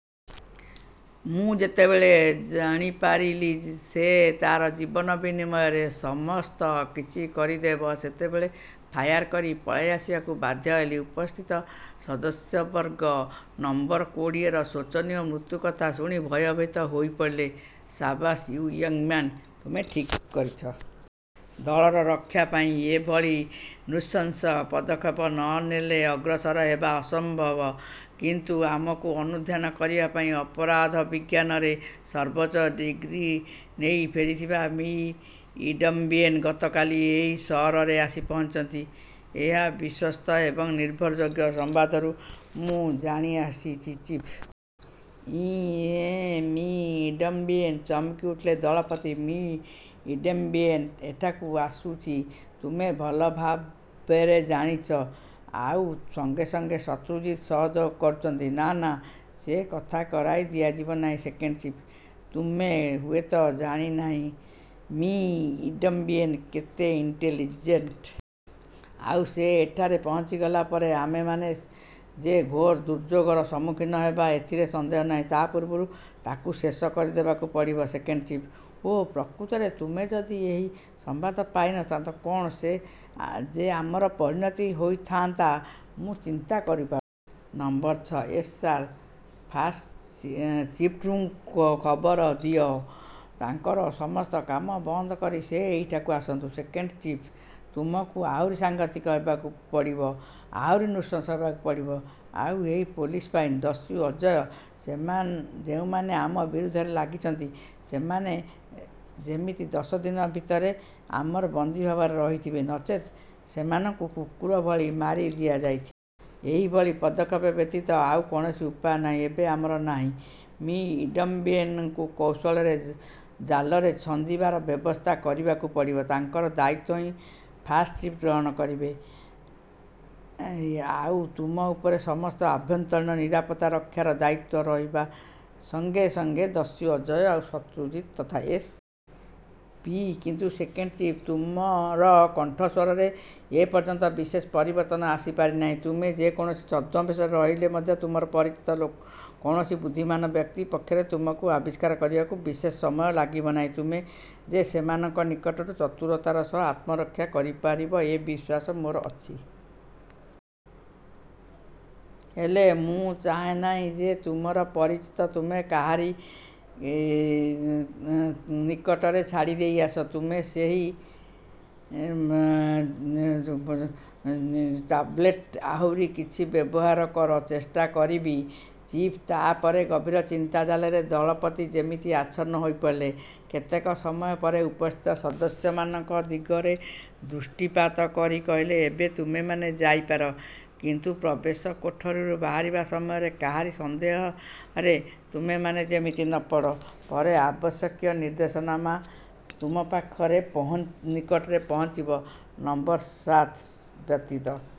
ମୁଁ ଯେତେବେଳେ ଜଣିପାରିଲି ସେ ତାର ଜୀବନ ବିନିମୟରେ ସମସ୍ତ କିଛି କହିଦେବ, ସେତେବେଳେ ଫାୟାର୍ କରି ପଳାଇ ଆସିବାକୁ ବାଧ୍ୟ ହେଲି। ଉପସ୍ଥିତ ସଦସ୍ୟବର୍ଗ ନମ୍ବର କୋଡ଼ିଏର ଶୋଚନୀୟ ମୃତ୍ୟୁ କଥା ଶୁଣି ଭୟଭୀତ ହୋଇପଡ଼ିଲେ। ସାବାସ୍ ୟୁ ୟଙ୍ଗ୍ ମ୍ୟାନ୍। ତୁମେ ଠିକ୍ କାମ କରିଛ। ଦଳର ରକ୍ଷା ପାଇଁ ଏହିଭଳି ନୃଶଂସ ପଦକ୍ଷେପ ନ ନେଲେ ଅଗ୍ରସର ହେବା ଅସମ୍ବବ। କିନ୍ତୁ ଆମକୁ ଆନୁଧ୍ୟାନ କରିବା ପାଇଁ ଅପରାଧ ବିଜ୍ଞାନରେ ସର୍ବୋଚ୍ଚ ଡିଗ୍ରୀ ନେଇ ଫେରିଥିବା ମି: ଇଡମ୍ବିଏନ୍ ଗତକାଲି ଏହି ସହରରେ ଆସି ପହଞ୍ଚିଛନ୍ତି। ଏହା ବିଶ୍ୱସ୍ତ ଏବଂ ନିର୍ଭରଯୋଗ୍ୟ ସମ୍ବାଦରୁ ମୁଁ ଜାଣି ଆସିଛି, ଚିଫ୍। ଏଁ ମି: ଇଡମ୍ବିଏନ୍। ଚମକି ଉଠିଲେ ଦଳପତି। ମି: ଇଡେମ୍ବିଏନ୍ ଏଠାକୁ ଆସୁଛି? ତୁମେ ଭଲ ଭାବେରେ ଜାଣିଛ? ଆଉ ତାଙ୍କ ସଙ୍ଗେ ଶତ୍ରୁଜିତ ସହଯୋଗ କରୁଛନ୍ତି। ନା, ନା, ସେ କଥା କରାଇ ଦିଆଯିବ ନାହିଁ ସେକେଣ୍ଡ ଚିଫ୍। ତୁମେ ହୁଏତ ଜାଣି ନାହଁ ମି: ଇଡମ୍ବିଏନ୍ କେତେ ଇଣ୍ଟେଲିଜେଣ୍ଟ୍। ଆଉ ସେ ଏଠାରେ ପହଞ୍ଚିଗଲା ପରେ ଆମେମାନେ ଯେ ଘୋର ଦୁର୍ଯୋଗର ସମ୍ମୁଖୀନ ହେବା ଏଥିରେ ସନ୍ଦେହ ନାହିଁ। ତା ପୂର୍ବରୁ ତାକୁ ଶେଷ କରି ଦେବାକୁ ପଡ଼ିବ, ସେକେଣ୍ଡ ଚିଫ୍। ଓଃ, ପ୍ରକୃତରେ ତୁମେ ଯଦି ଏହି ସମ୍ବାଦ ପାଇ ନଥାନ୍ତ, କ'ଣ ଯେ ଆମର ପରିଣତି ହୋଇଥାଆନ୍ତା, ମୁଁ ଚିନ୍ତା କରିପାରୁ ନାହିଁ। ନମ୍ବର ଛ'-. Yes sir. ଫାଷ୍ଟ ଚିଫ୍ଙ୍କୁ ଖବର ଦିଅ। ତାଙ୍କର ସମସ୍ତ କାମ ବନ୍ଦ କରି ସେ ଏହିଠାକୁ ଆସନ୍ତୁ। Second chief. ତୁମକୁ ଆହୁରି ସଙ୍ଘାତିକ ହେବାକୁ ପଡ଼ିବ, ଆହୁରି ନୃଶଂସ ହେବାକୁ ପଡ଼ିବ। ଆଉ ଏହି ପୋଲିସ ବାହିନୀ, ଦସ୍ୟୁ ଅଜୟ-ଯେଉଁମାନେ ଆମ ବିରୁଦ୍ଧରେ ଲାଗିଛନ୍ତି, ସେମାନେ ଯେମିତି ଦଶ ଦିନ ଭିତରେ ଆମର ବନ୍ଦୀ ଭାବରେ ରହିଥିବେ; ନଚେତ୍ ସୋମାନଙ୍କୁ କୁକୁର ଭଳି ମାରି ଦିଆଯାଇଥିବ। ଏହି ଭଳି ପଦକ୍ଷେପ ବ୍ୟତୀତ ଆଉ କୌଣସି ଉପାୟ ଏବେ ଆମର ନାହିଁ-। ମି: ଇଡମ୍ବିଏନଙ୍କୁ କୌଶଳରେ ଜାଲରେ ଛନ୍ଦିବାର ବ୍ୟବସ୍ଥା କରିବାକୁ ପଡ଼ିବ। ତାଙ୍କର ଦାୟିତ୍ୱ ହିଁ ଫାଷ୍ଟ୍ ଚିଫ୍ ଗ୍ରହଣ କରିବେ। ଆଉ ତୁମ ଉପରେ ସମସ୍ତ ଆଭ୍ୟନ୍ତରୀଣ ନିରାପତ୍ତା ରକ୍ଷାର ଦାୟିତ୍ୱ ରହିବା ସଙ୍ଗେ ସଙ୍ଗେ ଦସ୍ୟୁ ଅଜୟ ଆଉ ଶତ୍ରୁଜିତ ତଥା ଏସ୍. ପି କିନ୍ତୁ ସେକେଣ୍ଡ ଚିଫ୍, ତୁମର କଣ୍ଠସ୍ୱରରେ ଏ ପର୍ଯ୍ୟନ୍ତ ବିଶେଷ ପରିବର୍ତ୍ତନ ଆସିପାରି ନାହିଁ। ତୁମେ ଯେ କୌଣସି ଛଦ୍ମ ବେଶରେ ରହିଲେ ମଧ୍ୟ ତୁମର ପରିଚିତ କୌଣସି ବୁଦ୍ଧିମାନ ବ୍ୟକ୍ତି ପକ୍ଷରେ ତୁମକୁ ଆବିଷ୍କାର କରିବାକୁ ବିଶେଷ ସମୟ ଲାଗିବ ନାହିଁ। ତୁମେ ଯେ ସେମାନଙ୍କ ନିକଟରୁ ଚତୁରତାର ସହ ଆତ୍ମରକ୍ଷା କରି ପାରିବ ଏ ବିଶ୍ୱାସ ମୋର ଅଛି। ହେଲେ, ମୁଁ ଚାହେଁ ନାହିଁ ଯେ ତୁମର ପରିଚିତ ତୁମେ କାହାରି ନିକଟରେ ଛାଡ଼ିଦେଇ ଆସ। ତୁମେ ସେହି ଟାବଲେଟ୍ ଆହୁରି କିଛି ବ୍ୟବହାର କର। ଚେଷ୍ଟା କରିବି, ଚିଫ୍ ତା ପରେ ଗଭୀର ଚିନ୍ତା ଜାଲରେ ଦଳପତି ଯେମିତି ଆଚ୍ଛନ୍ନ ହୋଇପଡ଼ିଲେ। କେତେକ ସମୟ ପରେ ଉପସ୍ଥିତ ସଦସ୍ୟମାନଙ୍କ ଦିଗରେ ଦୃଷ୍ଟିପାତ କରି କହିଲେ-ଏବେ ତୁମେମାନେ ଯାଇପାର; କିନ୍ତୁ ପ୍ରବେଶ କୋଠରିରୁ ବାହାରିବା ସମୟରେ କାହାରି ସନ୍ଦେହରେ ତୁମେମାନେ ଯେମିତି ନ ପଡ଼। ପରେ ଆବଶ୍ୟକୀୟ ନିର୍ଦ୍ଦେଶନାମା ତୁମମାନଙ୍କ ନିକଟରେ ପହଞ୍ଚିବ। ନମ୍ବର ସାତ ବ୍ୟତୀତ